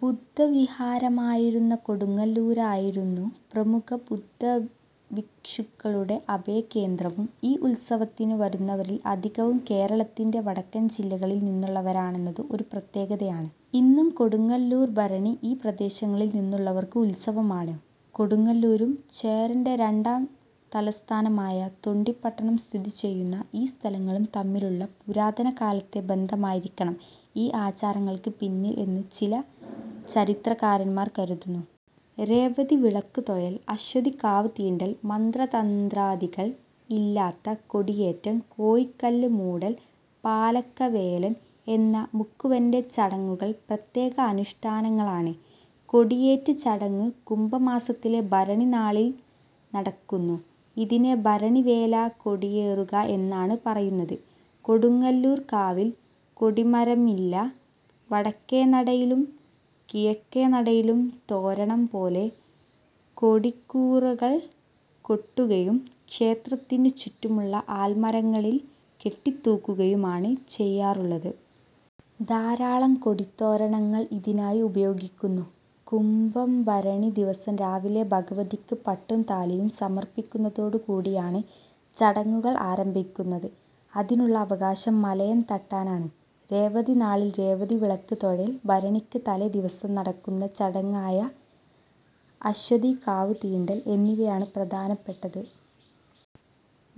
ബുദ്ധവിഹാരമായിരുന്ന കൊടുങ്ങല്ലൂരായിരുന്നു പ്രമുഖ ബുദ്ധഭിക്ഷുക്കളുടെ അഭയകേന്ദ്രവും. ഈ ഉത്സവത്തിനു വരുന്നവരിൽ അധികവും കേരളത്തിന്റെ വടക്കൻ ജില്ലകളിൽ നിന്നുള്ളവരാണെന്നത് ഒരു പ്രത്യേകതയാണ്. ഇന്നും കൊടുങ്ങല്ലൂർ ഭരണി ഈ പ്രദേശങ്ങളിൽ നിന്നുള്ളവർക്ക് ഉത്സവമാണ്. കൊടുങ്ങല്ലൂരും ചേരന്റെ രണ്ടാം തലസ്ഥാനമായ തൊണ്ടി പട്ടണം സ്ഥിതി ചെയ്യുന്ന ഈ സ്ഥലങ്ങളും തമ്മിലുള്ള പുരാതന കാലത്തെ ബന്ധമായിരിക്കണം ഈ ആചാരങ്ങൾക്ക് പിന്നിൽ എന്ന് ചില ചരിത്രകാരന്മാർ കരുതുന്നു. രേവതി വിളക്ക് തൊഴൽ, അശ്വതി കാവ് തീണ്ടൽ, മന്ത്രതന്ത്രാദികൾ ഇല്ലാത്ത കൊടിയേറ്റം, കോഴികല്ല് മൂടല്, പാലക്കവേലൻ എന്ന മുക്കുവന്റെ ചടങ്ങുകൾ പ്രത്യേക അനുഷ്ഠാനങ്ങളാണ്. കൊടിയേറ്റ് ചടങ്ങ് കുംഭമാസത്തിലെ ഭരണിനാളിൽ നടക്കുന്നു. ഇതിനെ ഭരണിവേല കൊടിയേറുക എന്നാണ് പറയുന്നത്. കൊടുങ്ങല്ലൂർ കാവിൽ കൊടിമരമില്ല. വടക്കേനടയിലും കിഴക്കേനടയിലും തോരണം പോലെ കൊടിക്കൂറകൾ കെട്ടുകയും ക്ഷേത്രത്തിനു ചുറ്റുമുള്ള ആൽമരങ്ങളിൽ കെട്ടിത്തൂക്കുകയുമാണ് ചെയ്യാറുള്ളത്. ധാരാളം കൊടിതോരണങ്ങൾ ഇതിനായി ഉപയോഗിക്കുന്നു. കുംഭ ഭരണി ദിവസം രാവിലെ ഭഗവതിക്ക് പട്ടും താലിയും സമർപ്പിക്കുന്നതോടുകൂടിയാണ് ചടങ്ങുകൾ ആരംഭിക്കുന്നത്. അതിനുള്ള അവകാശം മലയൻ തട്ടാനാണ്. രേവതി നാളിലെ "രേവതി വിളക്ക് തൊഴൽ", ഭരണിക്ക് തലേ ദിവസം നടക്കുന്ന ചടങ്ങായ അശ്വതീ കാവു തീണ്ടൽ എന്നിവയാണ് പ്രധാനപ്പെട്ടത്.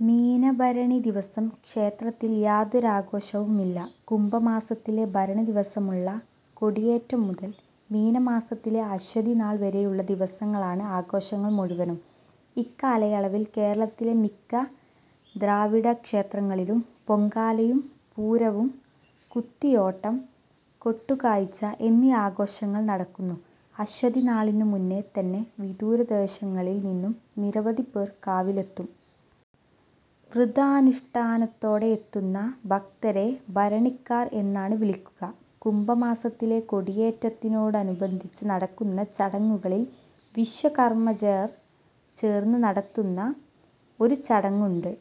മീനഭരണി ദിവസം ക്ഷേത്രത്തിൽ യാതൊരാഘോഷവുമില്ല. കുംഭമാസത്തിലെ ഭരണിദിവസമുള്ള കൊടിയേറ്റുമുതൽ മീനമാസത്തിലെ അശ്വതിനാൾ വരെയുള്ള ദിവസങ്ങളാൺ ആഘോഷങ്ങൾ മുഴുവനും. ഇക്കാലയളവിൽ കേരളത്തിലെ മിക്ക ദ്രാവിഡ ക്ഷേത്രങ്ങളിലും പൊങ്കാലയും, പൂരവും, കുത്തിയോട്ടം, കെട്ടുകാഴ്ച എന്നീ ആഘോഷങ്ങൾ നടക്കുന്നു. അശ്വതിനാളിനു മുന്നേ തന്നെ വിദൂരദേശങ്ങളിൽ നിന്നും നിരവധി പേർ കാവിലെത്തും. വ്രതാനുഷ്ടാനത്തോടെ എത്തുന്ന ഭക്തരെ ഭരണിക്കാർ എന്നാണ് വിളിക്കുക. കുംഭമാസത്തിലെ കൊടിയേറ്റിനോടനുബന്ധിച്ച് നടക്കുന്ന ചടങ്ങുകളിൽ വിശ്വകർമ്മജർ ചേർന്ന് നടത്തുന്ന ഒരു ചടങ്ങുണ്ട്.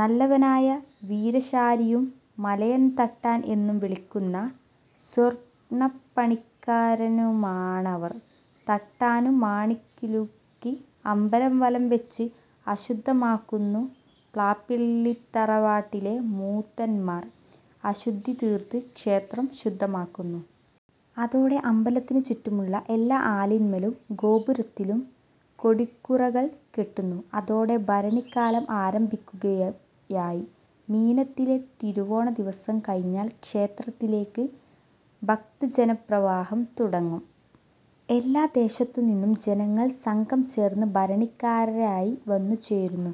നല്ലവനായ വീരാശാരിയും മലയൻ തട്ടാൻ എന്നു വിളിക്കുന്ന സ്വര്ണപ്പണിക്കാരനുമാണവർ. തട്ടാൻ മണികിലുക്കി അമ്പലം വലം വെച്ച് അശുദ്ധമാക്കുന്നു. പ്ലാപ്പിള്ളിത്തറവാട്ടിലെ മൂത്തന്മാർ അശുദ്ധിതീർത്ത് ക്ഷേത്രം ശുദ്ധമാക്കുന്നു. അതോടെ അമ്പലത്തിനു ചുറ്റുമുള്ള എല്ലാ ആലിന്മേലും ഗോപുരത്തിലും കൊടിക്കൂറകൾ കെട്ടുന്നു. അതോടെ ഭരണിക്കാലം ആരംഭിക്കുകയായി. മീനത്തിലെ തിരുവോണദിവസം കഴിഞ്ഞാൽ ക്ഷേത്രത്തിലേക്ക് ഭക്തജനപ്രവാഹം തുടങ്ങും. എല്ലാദേശത്തു നിന്നും ജനങ്ങൾ സംഘം ചേർന്ന് ഭരണിക്കാരായി വന്നു ചേരുന്നു.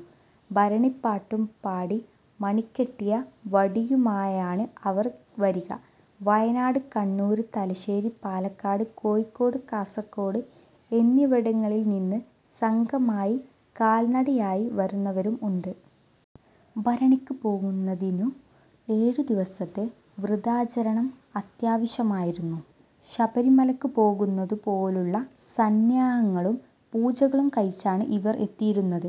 ഭരണിപ്പാട്ടും പാടി മണികെട്ടിയ വടിയുമായാണ് അവർ വരിക. വയനാട്, കണ്ണൂർ, തലശ്ശേരി, പാലക്കാട്, കോഴിക്കോട്, കാസർകോട് എന്നിവടങ്ങളിൽ നിന്ന് സംഘമായി കാൽനടയായി വരുന്നവരും ഉണ്ട്. ഭരണിക്ക് പോകുന്നതിനു ഏഴുദിവസത്തെ വ്രതാചരണം അത്യാവശ്യമായിരുന്നു. ശബരിമലക്ക് പോകുന്നതു പോലുള്ള സന്നാഹങ്ങളും പൂജകളും കഴിച്ചാണ് ഇവർ എത്തിയിരുന്നത്.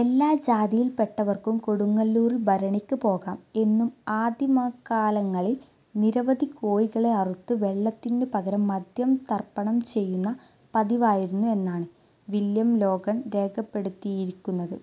എല്ലാ ജാതിയില്പെട്ടവർക്കും കൊടുങ്ങലൂർ ഭരണിക്ക് പോകാം എന്നും ആദിമകാലങ്ങളിൽ നിരവധി കോഴികളെ അറുത്ത് വെള്ളത്തിനു പകരം മദ്യം തർപ്പണം ചെയ്യുന്ന പതിവായിരുന്നു എന്നാണ് വില്യം ലോഗൻ രേഖപ്പെടുത്തിയിരിക്കുന്നത്.